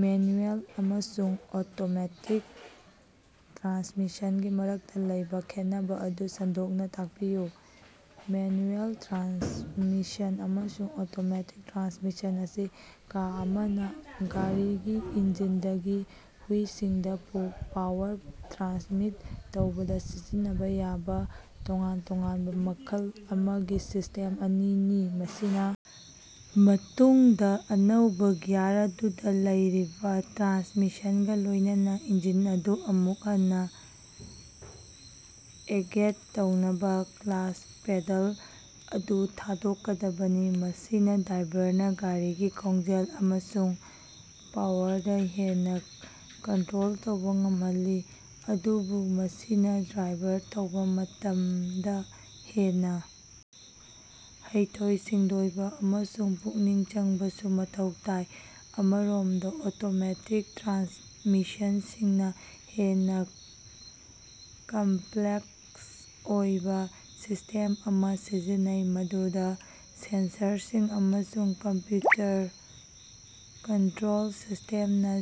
Manual ꯑꯃꯁꯨꯡ automatic ꯇ꯭ꯔꯥꯟꯁꯃꯤꯁꯟꯒꯤ ꯃꯔꯛꯇ ꯂꯩꯕ ꯈꯦꯠꯅꯕ ꯑꯗꯨ ꯁꯟꯗꯣꯛꯅ ꯇꯥꯛꯄꯤꯌꯨ꯫ ꯃꯦꯅꯨꯑꯦꯜ ꯇ꯭ꯔꯥꯟꯁꯃꯤꯁꯟ ꯑꯃꯁꯨꯡ ꯑꯣꯇꯣꯃꯦꯇꯤꯛ ꯇ꯭ꯔꯥꯟꯁꯃꯤꯁꯟ ꯑꯁꯤ ꯀꯥ ꯑꯃꯅꯥ ꯒꯥꯔꯤꯒꯤ ꯏꯟꯖꯤꯟꯗꯒꯤ ꯍꯨꯏꯁꯤꯡꯗ ꯄꯥꯋꯔ ꯇ꯭ꯔꯥꯟꯁꯃꯤꯠ ꯇꯧꯕꯗ ꯁꯤꯖꯤꯟꯅꯕ ꯌꯥꯕꯥ ꯇꯣꯉꯥꯟ ꯇꯣꯉꯥꯟꯕꯥ ꯃꯈꯜ ꯑꯃꯒꯤ ꯁꯤꯁ꯭ꯇꯦꯝ ꯑꯅꯤꯅꯤ, ꯃꯁꯤꯅ ꯃꯇꯨꯡꯗ ꯑꯅꯧꯕ ꯒꯤꯌꯥꯔ ꯑꯗꯨꯗ ꯂꯩꯔꯤꯕꯥ ꯇ꯭ꯔꯥꯟꯁꯃꯤꯁꯟꯒ ꯂꯣꯏꯅꯅꯥ ꯏꯟꯖꯤꯟ ꯑꯗꯨ ꯑꯃꯨꯛ ꯍꯟꯅ ꯑꯦꯡꯒꯦꯠ ꯇꯧꯅꯕ ꯀ꯭ꯂꯆ ꯄꯦꯗꯜ ꯑꯗꯨ ꯊꯥꯗꯣꯛꯀꯗꯕꯅꯤ꯫ ꯃꯁꯤꯅ ꯗ꯭ꯔꯥꯏꯚꯔꯅ ꯒꯥꯔꯤꯒꯤ ꯈꯣꯡꯖꯦꯜ ꯑꯃꯁꯨꯡ ꯄꯥꯋꯔꯗ ꯍꯦꯟꯅ ꯀꯟꯇꯔꯣꯜ ꯇꯧꯕ ꯉꯝꯍꯜꯂꯤ, ꯑꯗꯨꯕꯨ ꯃꯁꯤꯅ ꯗ꯭ꯔꯥꯏꯚꯔ ꯇꯧꯕ ꯃꯇꯝꯗꯥ ꯍꯦꯟꯅ ꯍꯩꯊꯣꯏ-ꯁꯤꯡꯊꯣꯏꯕ ꯑꯃꯁꯨꯡ ꯄꯨꯛꯅꯤꯡ ꯆꯪꯕꯁꯨ ꯃꯊꯧ ꯇꯥꯏ꯫ ꯑꯃꯔꯣꯝꯗꯥ, ꯑꯣꯇꯣꯃꯦꯇꯤꯛ ꯇ꯭ꯔꯥꯟꯁꯃꯤꯁꯟꯁꯤꯡꯅꯥ ꯍꯦꯟꯅ ꯀꯝꯄꯂꯦꯛꯁ ꯑꯣꯏꯕ ꯁꯤꯁ꯭ꯇꯦꯝ ꯑꯃꯥ ꯁꯤꯖꯤꯟꯅꯩ ꯃꯗꯨꯗ ꯁꯦꯟꯁꯔꯁꯤꯡ ꯑꯃꯁꯨꯡ ꯀꯝꯄꯌꯨꯇꯔ ꯀꯟꯇꯔꯣꯜ ꯁꯤꯁ꯭ꯇꯦꯝꯅꯥ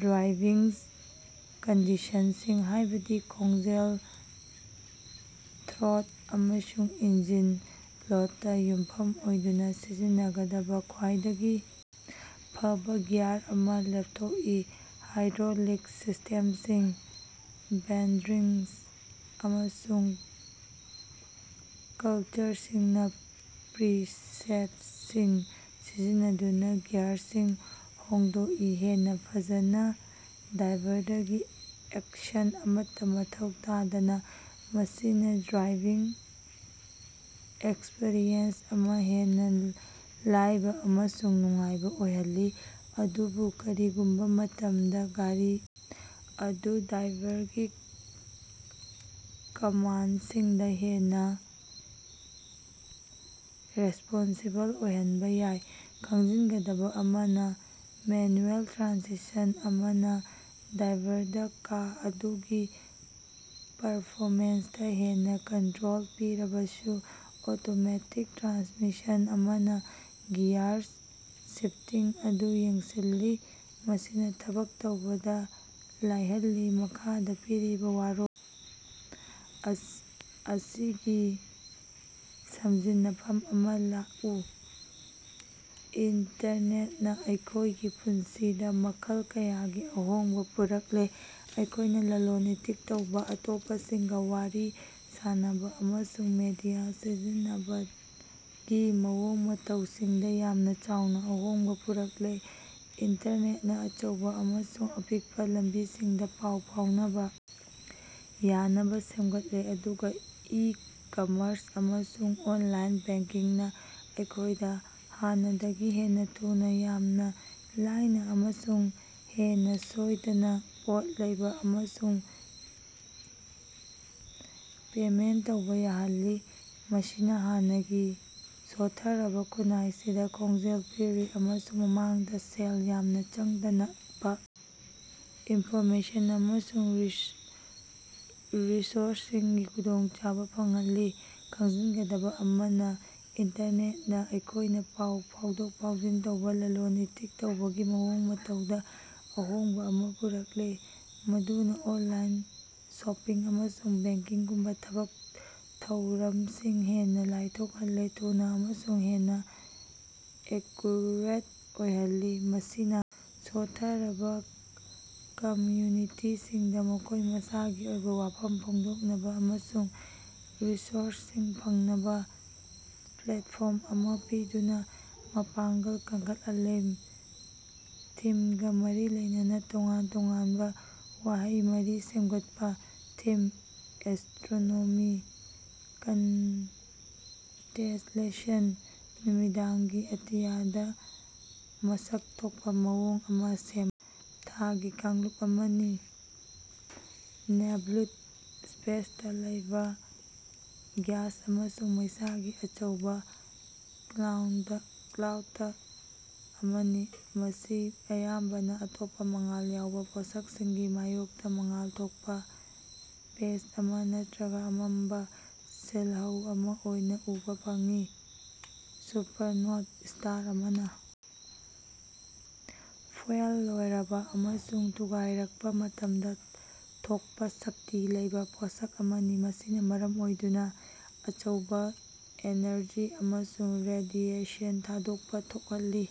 ꯗ꯭ꯔꯥꯏꯚꯤꯡ ꯀꯟꯗꯤꯁꯟꯁꯤꯡ, ꯍꯥꯏꯕꯗꯤ ꯈꯣꯡꯖꯦꯜ, ꯊ꯭ꯔꯣꯠ ꯑꯃꯁꯨꯡ ꯏꯟꯖꯤꯟ ꯂꯣꯗꯇꯥ ꯌꯨꯝꯐꯝ ꯑꯣꯏꯗꯨꯅ ꯁꯤꯖꯤꯟꯅꯒꯗꯕ ꯈ꯭ꯋꯥꯏꯗꯒꯤ ꯐꯕꯥ ꯒꯤꯌꯥꯔ ꯑꯃ ꯂꯦꯞꯊꯣꯛꯏ꯫ ꯍꯥꯏꯗ꯭ꯔꯣꯂꯤꯛ ꯁꯤꯁ꯭ꯇꯦꯝꯁꯤꯡ, ꯕꯦꯟꯗꯁꯤꯡ ꯑꯃꯁꯨꯡ ꯀ꯭ꯂꯆꯔꯁꯤꯡꯅ ꯄ꯭ꯔꯤꯁꯦꯠꯁꯤꯡ ꯁꯤꯖꯤꯟꯅꯗꯨꯅ ꯒꯤꯌꯔꯁꯤꯡ ꯍꯣꯡꯗꯣꯛꯏ, ꯍꯦꯟꯅ ꯐꯖꯅ, ꯗ꯭ꯔꯥꯏꯚꯔꯗꯒꯤ ꯑꯦꯛꯁꯟ ꯑꯃꯠꯇ ꯃꯊꯧ ꯇꯥꯗꯅ꯫ ꯃꯁꯤꯅꯥ ꯗ꯭ꯔꯥꯏꯚꯤꯡ ꯑꯦꯛꯁꯄꯤꯔꯤꯑꯦꯟꯁ ꯑꯃꯥ ꯍꯦꯟꯅ ꯂꯥꯏꯕ ꯑꯃꯁꯨꯡ ꯅꯨꯡꯉꯥꯏꯕ ꯑꯣꯏꯍꯜꯂꯤ, ꯑꯗꯨꯕꯨ ꯀꯔꯤꯒꯨꯝꯕ ꯃꯇꯝꯗꯥ ꯒꯥꯔꯤ ꯑꯗꯨ ꯗ꯭ꯔꯥꯏꯚꯔꯒꯤ ꯀꯃꯥꯟꯗꯁꯤꯡꯗ ꯍꯦꯟꯅ ꯔꯦꯁ꯭ꯄꯣꯟꯁꯤꯕꯜ ꯑꯣꯏꯍꯟꯕ ꯌꯥꯏ꯫ ꯈꯪꯖꯤꯟꯒꯗꯕꯥ ꯑꯃꯅꯥ, ꯃꯦꯅꯨꯑꯦꯜ ꯇ꯭ꯔꯥꯟꯁꯃꯤꯁꯟ ꯑꯃꯅꯥ ꯗ꯭ꯔꯥꯏꯚꯔꯗꯥ ꯀꯥ ꯑꯗꯨꯒꯤ ꯄꯔꯐꯣꯃꯦꯟꯁꯇꯥ ꯍꯦꯟꯅꯥ ꯀꯟꯇꯔꯣꯜ ꯄꯤꯔꯕꯁꯨ, ꯑꯣꯇꯣꯃꯦꯇꯤꯛ ꯇ꯭ꯔꯥꯟꯁꯃꯤꯁꯟ ꯑꯃꯅꯥ ꯒꯤꯌꯔ ꯁꯤꯐꯇꯤꯡ ꯑꯗꯨ ꯌꯦꯡꯁꯤꯜꯂꯤ, ꯃꯁꯤꯅꯥ ꯊꯕꯛ ꯇꯧꯕꯗ ꯂꯥꯏꯍꯜꯂꯤ꯫ ꯃꯈꯥꯗꯥ ꯄꯤꯔꯤꯕ ꯋꯥꯔꯣꯜ ꯑꯁꯤꯒꯤ ꯁꯝꯖꯤꯟꯅꯐꯝ ꯑꯃꯥ ꯂꯥꯛꯎ꯫ ꯏꯟꯇꯔꯅꯦꯇꯅ ꯑꯩꯈꯣꯏꯒꯤ ꯄꯨꯟꯁꯤꯗꯥ ꯃꯈꯜ ꯀꯌꯥꯒꯤ ꯑꯍꯣꯡꯕ ꯄꯨꯔꯛꯂꯦ, ꯑꯩꯈꯣꯏꯅ ꯂꯂꯣꯟ-ꯏꯇꯤꯛ ꯇꯧꯕ, ꯑꯇꯣꯞꯄꯁꯤꯡꯒ ꯋꯥꯔꯤ ꯁꯥꯅꯕ ꯑꯃꯁꯨꯡ ꯃꯤꯗꯤꯌꯥ ꯁꯤꯖꯤꯟꯅꯕꯒꯤ ꯃꯑꯣꯡ ꯃꯇꯧꯁꯤꯡꯗ ꯌꯥꯝꯅ ꯆꯥꯎꯅ ꯑꯍꯣꯡꯕ ꯄꯨꯔꯛꯂꯦ꯫ ꯏꯟꯇꯔꯅꯦꯠꯅ ꯑꯆꯧꯕ ꯑꯃꯁꯨꯡ ꯑꯄꯤꯛꯄꯥ ꯂꯝꯕꯤꯁꯤꯡꯗ ꯄꯥꯎ ꯐꯥꯎꯅꯕ ꯌꯥꯅꯕ ꯁꯦꯝꯒꯠꯂꯦ, ꯑꯗꯨꯒ ꯏ-ꯀꯝꯃꯔꯁ ꯑꯃꯁꯨꯡ ꯑꯣꯟꯂꯥꯏꯟ ꯕꯦꯡꯀꯤꯡꯅꯥ ꯑꯩꯈꯣꯏꯗꯥ ꯍꯥꯟꯅꯗꯒꯤ ꯍꯦꯟꯅ ꯊꯨꯅꯥ, ꯌꯥꯝꯅ ꯂꯥꯏꯅ ꯑꯃꯁꯨꯡ ꯍꯦꯟꯅ ꯁꯣꯏꯗꯅ ꯄꯣꯠ ꯂꯩꯕꯥ ꯑꯃꯁꯨꯡ ꯄꯦꯃꯦꯟꯇ ꯇꯧꯕꯥ ꯌꯥꯍꯜꯂꯤ꯫ ꯃꯁꯤꯅ ꯍꯥꯟꯅꯒꯤ ꯁꯣꯠꯊꯔꯕ ꯈꯨꯟꯅꯥꯏꯁꯤꯡꯗ ꯈꯣꯟꯖꯦꯜ ꯄꯤꯔꯤ ꯑꯃꯁꯨꯡ ꯃꯃꯥꯡꯗ ꯁꯦꯜ ꯌꯥꯝꯅ ꯆꯪꯗꯅꯕ ꯏꯟꯐꯣꯔꯃꯦꯁꯟ ꯑꯃꯁꯨꯡ ꯔꯤꯁꯣꯔꯁꯁꯤꯡꯒꯤ ꯈꯨꯗꯣꯡꯆꯥꯕ ꯐꯪꯍꯜꯂꯦ꯫ ꯈꯪꯖꯤꯟꯒꯗꯕ ꯑꯃꯅ, ꯏꯟꯇꯔꯅꯦꯠꯅꯥ ꯑꯩꯈꯣꯏꯅ ꯄꯥꯎ ꯐꯥꯎꯗꯣꯛ-ꯐꯥꯎꯖꯤꯟ ꯇꯧꯕ, ꯂꯂꯣꯟ-ꯏꯇꯤꯛ ꯇꯧꯕꯒꯤ ꯃꯑꯣꯡ-ꯃꯇꯧꯗ ꯑꯍꯣꯡꯕ ꯑꯃꯥ ꯄꯨꯔꯛꯂꯦ, ꯃꯗꯨꯅ ꯑꯣꯟꯂꯥꯏꯟ ꯁꯣꯄꯤꯡ ꯑꯃꯁꯨꯡ ꯕꯦꯡꯀꯤꯡꯒꯨꯝꯕ ꯊꯕꯛ ꯊꯧꯔꯝꯁꯤꯡ ꯍꯦꯟꯅ ꯂꯥꯏꯊꯣꯛꯍꯜꯂꯦ, ꯊꯨꯅꯥ ꯑꯃꯁꯨꯡ ꯍꯦꯟꯅ ꯑꯦꯀꯌꯨꯔꯦꯠ ꯑꯣꯏꯍꯜꯂꯦ꯫ ꯃꯁꯤꯅ ꯁꯣꯠꯊꯔꯕꯥ ꯀꯝꯌꯨꯅꯤꯇꯤꯁꯤꯡꯗ ꯃꯈꯣꯏ ꯃꯁꯥꯒꯤ ꯑꯣꯏꯕ ꯋꯥꯐꯝ ꯐꯣꯡꯗꯣꯛꯅꯕ ꯑꯃꯁꯨꯡ ꯔꯤꯁꯣꯔꯁꯁꯤꯡ ꯐꯪꯅꯕ ꯄ꯭ꯂꯦꯠꯐꯣꯔꯝ ꯑꯃꯥ ꯄꯤꯗꯨꯅ ꯃꯄꯥꯉꯡꯒꯜ ꯀꯟꯈꯠꯍꯜꯂꯦ꯫ ꯊꯤꯝꯒ ꯃꯔꯤ ꯂꯩꯅꯕ ꯇꯣꯉꯥꯟ ꯇꯣꯉꯥꯟꯕꯥ ꯋꯥꯍꯩ ꯃꯔꯤ ꯁꯦꯝꯒꯠꯄꯥ꯫ ꯊꯤꯝ: ꯑꯦꯁ꯭ꯇꯔꯣꯅꯣꯃꯤ ꯀꯟꯁꯇꯦꯂꯦꯁꯟ: ꯅꯨꯃꯤꯗꯥꯡꯒꯤ ꯑꯇꯤꯌꯥꯗꯥ ꯃꯁꯛ ꯊꯣꯛꯄꯥ ꯃꯑꯣꯡ ꯑꯃꯥ ꯁꯦꯝꯕꯥ ꯊꯥꯒꯤ ꯀꯥꯡꯂꯨꯞ ꯑꯃꯅꯤ꯫ ꯅꯦꯕꯨꯂꯥ: ꯁ꯭ꯄꯦꯁꯇꯥ ꯂꯩꯕꯥ ꯒ꯭ꯌꯥꯁ ꯑꯃꯁꯨꯡ ꯃꯩꯁꯥꯒꯤ ꯑꯆꯧꯕ ꯀ꯭ꯂꯥꯎꯗ ꯑꯃꯅꯤ, ꯃꯁꯤ ꯑꯌꯥꯝꯕꯅ ꯑꯇꯣꯞꯄ ꯃꯉꯥꯜ ꯌꯥꯎꯕ ꯄꯣꯠꯁꯛꯁꯤꯡꯒꯤ ꯃꯥꯌꯣꯛꯇ ꯃꯉꯥꯜ ꯊꯣꯛꯄ ꯄꯦꯆ ꯑꯃꯥ ꯅꯠꯇꯔꯒ ꯑꯃꯝꯕ ꯁꯤꯜꯍꯧ ꯑꯃ ꯑꯣꯏꯅ ꯎꯕꯥ ꯐꯪꯏ꯫ ꯁꯨꯄꯔꯅꯣꯚꯥ: ꯁ꯭ꯇꯥꯔ ꯑꯃꯅ ꯐ꯭ꯌꯨꯑꯦꯜ ꯂꯣꯏꯔꯕ ꯑꯃꯁꯨꯡ ꯊꯨꯒꯥꯏꯔꯛꯄꯥ ꯃꯇꯝꯗ ꯊꯣꯛꯄꯥ ꯁꯛꯇꯤ ꯂꯩꯕꯥ ꯄꯣꯠꯁꯛ ꯑꯃꯅꯤ, ꯃꯁꯤꯅ ꯃꯔꯝ ꯑꯣꯏꯗꯨꯅ ꯑꯆꯧꯕ ꯑꯦꯅꯔꯖꯤ ꯑꯃꯁꯨꯡ ꯔꯦꯗꯤꯑꯦꯁꯟ ꯊꯥꯗꯣꯛꯄꯥ ꯊꯣꯛꯍꯜꯂꯤ꯫